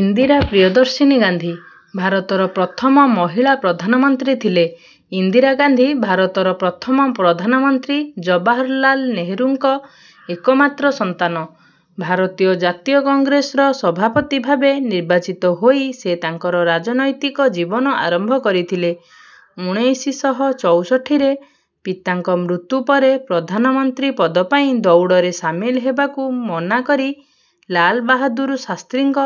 ଇନ୍ଦିରା ପ୍ରିୟଦର୍ଶିନୀ ଗାନ୍ଧୀ, ଭାରତର ପ୍ରଥମ ମହିଳା ପ୍ରଧାନମନ୍ତ୍ରୀ ଥିଲେ। ଇନ୍ଦିରା ଗାନ୍ଧୀ ଭାରତର ପ୍ରଥମ ପ୍ରଧାନ ମନ୍ତ୍ରୀ ଜବାହରଲାଲ ନେହେରୁଙ୍କ ଏକମାତ୍ର ସନ୍ତାନ। ଭାରତୀୟ ଜାତୀୟ କଂଗ୍ରେସର ସଭାପତି ଭାବେ ନିର୍ବାଚିତ ହୋଇ ସେ ତାଙ୍କର ରାଜନୈତିକ ଜୀବନ ଆରମ୍ଭ କରିଥିଲେ। ଉଣେଇଶି ଶହ ଚଉଷଠିରେ ପିତାଙ୍କ ମୃତ୍ୟୁ ପରେ ପ୍ରଧାନ ମନ୍ତ୍ରୀ ପଦପାଇଁ ଦୌଡରେ ସାମିଲ ହେବାକୁ ମନାକରି ଲାଲ ବାହାଦୁର ଶାସ୍ତ୍ରୀଙ୍କ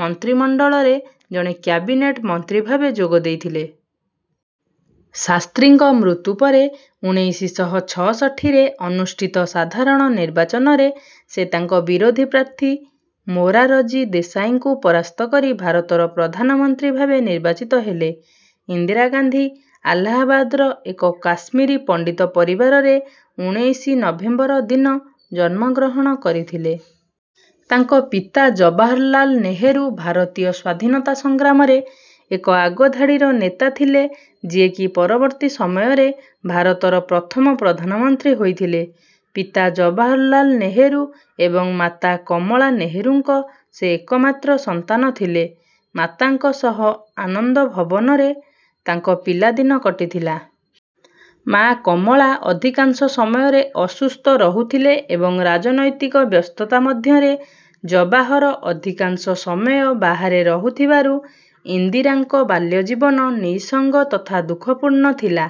ମନ୍ତ୍ରୀମଣ୍ଡଳରେ ଜଣେ କ୍ୟାବିନେଟ ମନ୍ତ୍ରୀଭାବେ ଯୋଗ ଦେଇଥିଲେ। ଶାସ୍ତ୍ରୀଙ୍କ ମୃତ୍ୟୁପରେ, ଉଣେଇଶି ଶହ ଛଅଷଠିରେ ଅନୁଷ୍ଠିତ ସାଧାରଣ ନିର୍ବାଚନରେ ସେ ତାଙ୍କ ବିରୋଧୀ ପ୍ରାର୍ଥୀ ମୋରାରଜୀ ଦେଶାଇଙ୍କୁ ପରାସ୍ତ କରି ଭାରତର ପ୍ରଧାନ ମନ୍ତ୍ରୀ ଭାବେ ନିର୍ବାଚିତ ହେଲେ। ଇନ୍ଦିରା ଗାନ୍ଧୀ ଆଲାହାବାଦର ଏକ କାଶ୍ମୀରୀ ପଣ୍ଡିତ ପରିବାରରେ ଉଣେଇଶି ନଭେମ୍ବର, ଦିନ ଜନ୍ମ ଗ୍ରହଣ କରିଥିଲେ। ତାଙ୍କ ପିତା ଜବାହରଲାଲ ନେହେରୁ ଭାରତୀୟ ସ୍ୱାଧୀନତା ସଂଗ୍ରାମରେ ଏକ ଆଗଧାଡିର ନେତା ଥିଲେ ଯିଏ କି ପରବର୍ତ୍ତୀ ସମୟରେ ଭାରତର ପ୍ରଥମ ପ୍ରଧାନ ମନ୍ତ୍ରୀ ହୋଇଥିଲେ। ପିତା ଜବାହରଲାଲ ନେହେରୁ ଏବଂ ମାତା କମଳା ନେହେରୁଙ୍କ ସେ ଏକମାତ୍ର ସନ୍ତାନ ଥିଲେ। ମାତାଙ୍କ ସହ ଆନନ୍ଦ ଭବନରେ ତାଙ୍କ ପିଲାଦିନ କଟିଥିଲା। ମାଆ କମଳା ଅଧିକାଂଶ ସମୟରେ ଅସୁସ୍ଥ ରହୁଥିଲେ ଏବଂ ରାଜନୈତିକ ବ୍ୟସ୍ତତା ମଧ୍ୟରେ ଜବାହର ଅଧିକାଂଶ ସମୟ ବାହାରେ ରହୁଥିବାରୁ ଇନ୍ଦିରାଙ୍କ ବାଲ୍ୟଜୀବନ ନିଃସଙ୍ଗ ତଥା ଦୁଃଖପୂର୍ଣ୍ଣ ଥିଲା।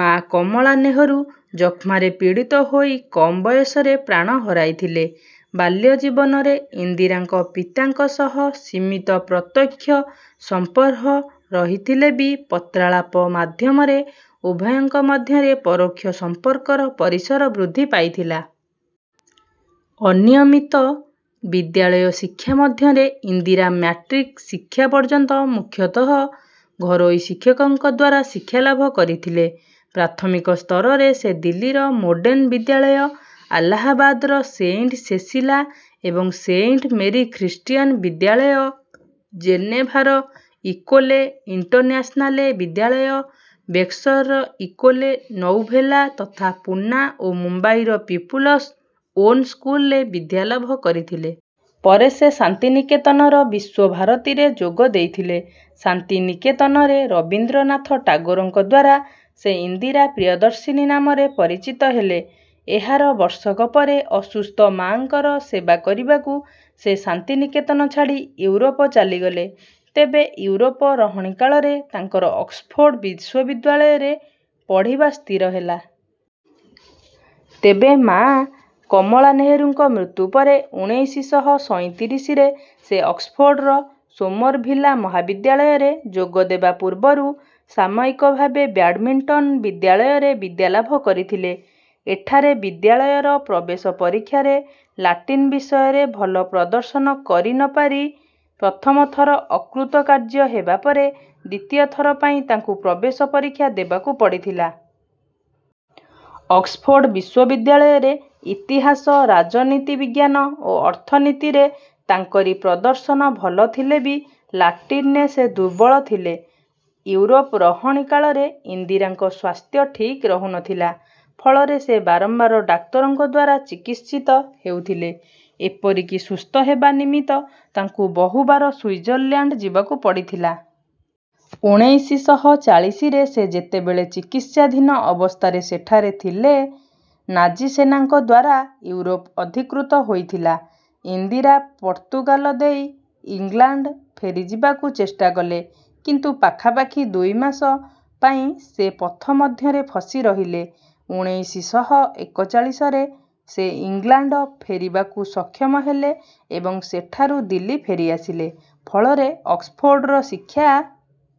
ମାଆ କମଳା ନେହରୁ ଯକ୍ଷ୍ମାରେ ପୀଡିତ ହୋଇ କମ୍ ବୟସରେ ପ୍ରାଣ ହରାଇଥିଲେ। ବାଲ୍ୟ ଜୀବନରେ ଇନ୍ଦିରାଙ୍କ ପିତାଙ୍କ ସହ ସୀମିତ ପ୍ରତ୍ୟକ୍ଷ ସଂପର୍ହ ରହିଥିଲେ ବି ପତ୍ରାଳାପ ମାଧ୍ୟମରେ ଉଭୟଙ୍କ ମଧ୍ୟରେ ପରୋକ୍ଷ ସମ୍ପର୍କର ପରିସର ବୃଦ୍ଧି ପାଇଥିଲା। ଅନିୟମିତ ବିଦ୍ୟାଳୟ ଶିକ୍ଷା ମଧ୍ୟରେ ଇନ୍ଦିରା ମାଟ୍ରିକ ଶିକ୍ଷା ପର୍ଯ୍ୟନ୍ତ ମୁଖ୍ୟତଃ ଘରୋଇ ଶିକ୍ଷକଙ୍କଦ୍ୱାରା ଶିକ୍ଷା ଲାଭ କରିଥିଲେ। ପ୍ରାଥମିକ ସ୍ତରରେ ସେ ଦିଲ୍ଲୀର ମୋଡେର୍ଣ୍ଣ ବିଦ୍ୟାଳୟ, ଆଲାହାବାଦର ସେଇଣ୍ଟ ସେସିଲା ଏବଂ ସେଇଣ୍ଟ ମେରୀ ଖ୍ରୀଷ୍ଟୀୟାନ ବିଦ୍ୟାଳୟ ଜେନେଭାର ଇକୋଲେ ଇଣ୍ଟନ୍ୟାସନାଲେ ବିଦ୍ୟାଳୟ, ବେକ୍ସର ଇକୋଲେ ନୌଭେଲା ତଥା ପୁନା ଓ ମୁମ୍ବାଇର ପ୍ୟୂପିଲସ୍ ଓନ୍ ସ୍କୁଲରେ ବିଦ୍ୟାଲାଭ କରିଥିଲେ। ପରେ ସେ ଶାନ୍ତିନିକେତନର ବିଶ୍ୱ ଭାରତୀରେ ଯୋଗ ଦେଇଥିଲେ। ଶାନ୍ତିନିକେତନରେ ରବିନ୍ଦ୍ରନାଥ ଟାଗୋରଙ୍କଦ୍ୱାରା ସେ ଇନ୍ଦିରା ପ୍ରିୟଦର୍ଶିନୀ ନାମରେ ପରିଚିତ ହେଲେ। ଏହାର ବର୍ଷକ ପରେ ଅସୁସ୍ଥ ମାଁଙ୍କର ସେବା କରିବାକୁ ସେ ଶାନ୍ତିନିକେତନ ଛାଡି ଇଉରୋପ ଚାଲିଗଲେ। ତେବେ ଇଉରୋପ ରହଣିକାଳରେ ତାଙ୍କର ଅକ୍ସଫୋର୍ଡ ବିଶ୍ୱବିଦ୍ୟାଳୟରେ ପଢିବା ସ୍ଥିର ହେଲା। ତେବେ ମାଁ କମଳା ନେହେରୁଙ୍କ ମୃତ୍ୟୁ ପରେ ଉଣେଇଶି ଶହ ସଇଁତିରିଶ ରେ ସେ ଅକ୍ସଫୋର୍ଡର ସୋମରଭିଲ୍ଲା ମହାବିଦ୍ୟାଳରେ ଯୋଗଦେବା ପୂର୍ବରୁ ସାମୟିକ ଭାବେ ବ୍ୟାଡମିଣ୍ଟନ୍ ବିଦ୍ୟାଳୟରେ ବିଦ୍ୟାଲାଭ କରିଥିଲେ। ଏଠାରେ ବିଦ୍ୟାଳୟର ପ୍ରବେଶ ପରୀକ୍ଷାରେ ଲାଟିନ ବିଷୟରେ ଭଲ ପ୍ରଦର୍ଶନ କରି ନ ପାରି ପ୍ରଥମ ଥର ଅକୃତକାର୍ଯ୍ୟ ହେବାପରେ ଦ୍ୱିତୀୟ ଥର ପାଇଁ ତାଙ୍କୁ ପ୍ରବେଶ ପରୀକ୍ଷା ଦେବାକୁ ପଡିଥିଲା। ଅକ୍ସଫୋର୍ଡ ବିଶ୍ୱବିଦ୍ୟାଳୟରେ ଇତିହାସ, ରାଜନୀତି ବିଜ୍ଞାନ ଓ ଅର୍ଥନୀତିରେ ତାଙ୍କରି ପ୍ରଦର୍ଶନ ଭଲ ଥିଲେ ବି ଲାଟିନରେ ସେ ଦୁର୍ବଳ ଥିଲେ। ଇଉରୋପ ରହଣୀ କାଳରେ ଇନ୍ଦିରାଙ୍କ ସ୍ୱାସ୍ଥ୍ୟ ଠିକ୍ ରହୁ ନ ଥିଲା। ଫଳରେ ସେ ବାରମ୍ବାର ଡାକ୍ତରଙ୍କଦ୍ୱାରା ଚିକିତ୍ସିତ ହେଉଥିଲେ। ଏପରିକି ସୁସ୍ଥ ହେବା ନିମିତ୍ତ ତାଙ୍କୁ ବହୁବାର ସୁଇଜରଲାଣ୍ଡ ଯିବାକୁ ପଡିଥିଲା। ଉଣେଇଶି ଶହ ଚାଳିଶିରେ ସେ ଯେତେବେଳେ ଚିକିତ୍ସାଧୀନ ଅବସ୍ଥାରେ ସେଠାରେ ଥିଲେ, ନାଜିସେନାଙ୍କଦ୍ୱାରା ଇଉରୋପ ଅଧିକୃତ ହୋଇଥିଲା। ଇନ୍ଦିରା ପର୍ତ୍ତୁଗାଲ ଦେଇ ଇଂଲାଣ୍ଡ ଫେରିଯିବାକୁ ଚେଷ୍ଟା କଲେ, କିନ୍ତୁ ପାଖାପାଖି ଦୁଇମାସ ପାଇଁ ସେ ପଥମଧ୍ୟରେ ଫସି ରହିଲେ। ଉଣେଇଶି ଶହ ଏକଚାଳିଶରେ ସେ ଇଂଲାଣ୍ଡ ଫେରିବାକୁ ସକ୍ଷମ ହେଲେ ଏବଂ ସେଠାରୁ ଦିଲ୍ଲୀ ଫେରିଆସିଲେ। ଫଳରେ ଅକ୍ସଫୋର୍ଡର ଶିକ୍ଷା